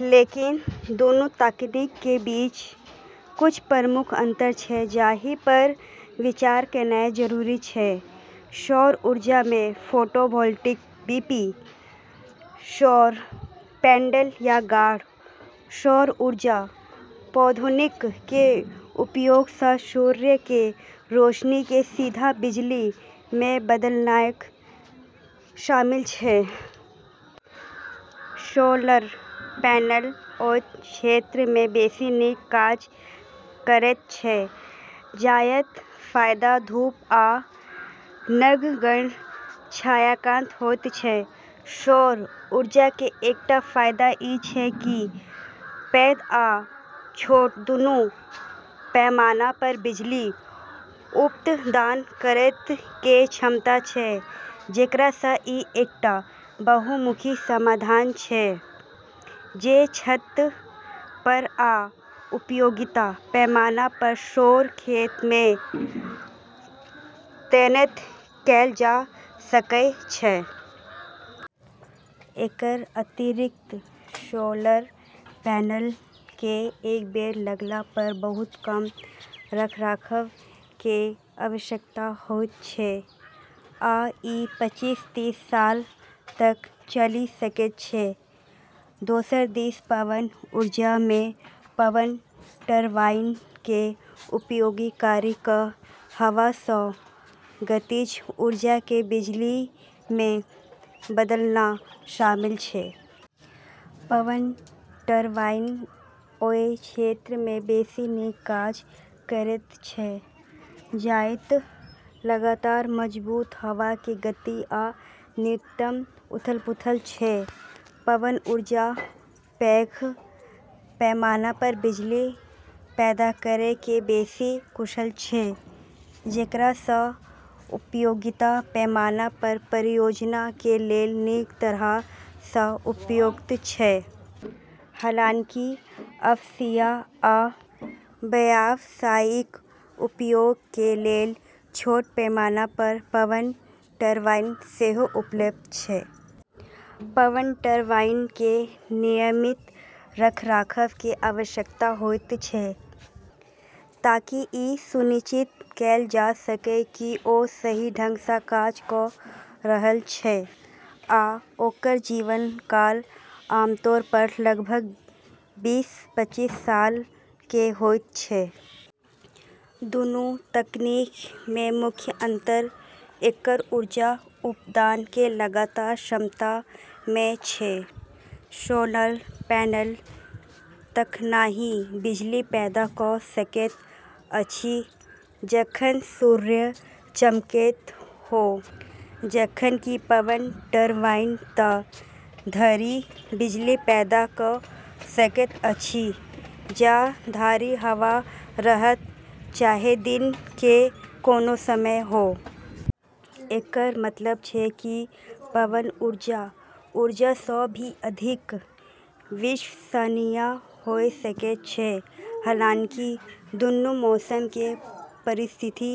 लेकिन, दूनू तकनीक के बीच कुछ प्रमुख अंतर छै जाहि पर विचार कयनाइ जरूरी छै। सौर ऊर्जा मे फोटोवोल्टिक (पीवी) सौर पैनल या गाढ़ सौर ऊर्जा प्रौद्योगिकी के उपयोग सँ सूर्य के रोशनी के सीधा बिजली मे बदलनाय शामिल छै। सोलर पैनल ओय क्षेत्र मे बेसि नीक काज करैत छै जतय बहुत धूप आ नगण्य छायांकन होयत छै। सौर ऊर्जा के एकटा फायदा ई छै की ई पैघ आ छोट दूनू पैमाना पर बिजली उत्पादन करय के क्षमता छै, जेकरा सं ई एकटा बहुमुखी समाधान छै जे छत पर या उपयोगिता पैमाना पर सौर खेत मे तैनात कैल जा सकय छै। एकर अतिरिक्त सोलर पैनल के एक बेर लगला पर बहुत कम रखरखाव के आवश्यकता होयत छै, आ ई पचीस-तीस साल तक चलि सकैत छै। दोसर दिस पवन ऊर्जा मे पवन टरबाइन के उपयोग करी कऽ हवा सँ गतिज ऊर्जा के बिजली मे बदलना शामिल छै। पवन टरबाइन ओय क्षेत्र मे बेसि नीक काज करैत छै जतय लगातार, मजबूत हवा के गति आ न्यूनतम उथल-पुथल छै। पवन ऊर्जा पैघ पैमाना पर बिजली पैदा करय मे बेसि कुशल छै, जेकरा सं उपयोगिता पैमाना पर परियोजना के लेल नीक तरह सं उपयुक्त छै, हालांकि आवासीय आ व्यावसायिक उपयोग के लेल छोट पैमाना पर पवन टरबाइन सेहो उपलब्ध छै। पवन टरबाइन के नियमित रखरखाव के आवश्यकता होयत छै, ताकि ई सुनिश्चित कैल जा सकय कि ओ सही ढंग सँ काज कऽ रहल छै, आ ओकर जीवन काल आमतौर पर लगभग बीस-पचीस साल के होइत छै। दूनू तकनीक मे मुख्य अंतर एकर ऊर्जा उत्पादन के लगातार क्षमता मे छै। सोलर पैनल तखनहि बिजली पैदा कऽ सकैत अछि जखन सूर्य चमकैत हो, जखन कि पवन टरबाइन ता धरि बिजली पैदा कऽ सकैत अछि जा धरि हवा रहत, चाहे दिन के कोनो समय हो। एकर मतलब छै कि पवन ऊर्जा सौर ऊर्जा सँ भी अधिक विश्वसनीय होय सकै छै, हालांकि दोनों मौसम के परिस्थिति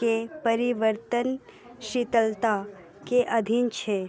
के परिवर्तनशीलता के अधीन छै।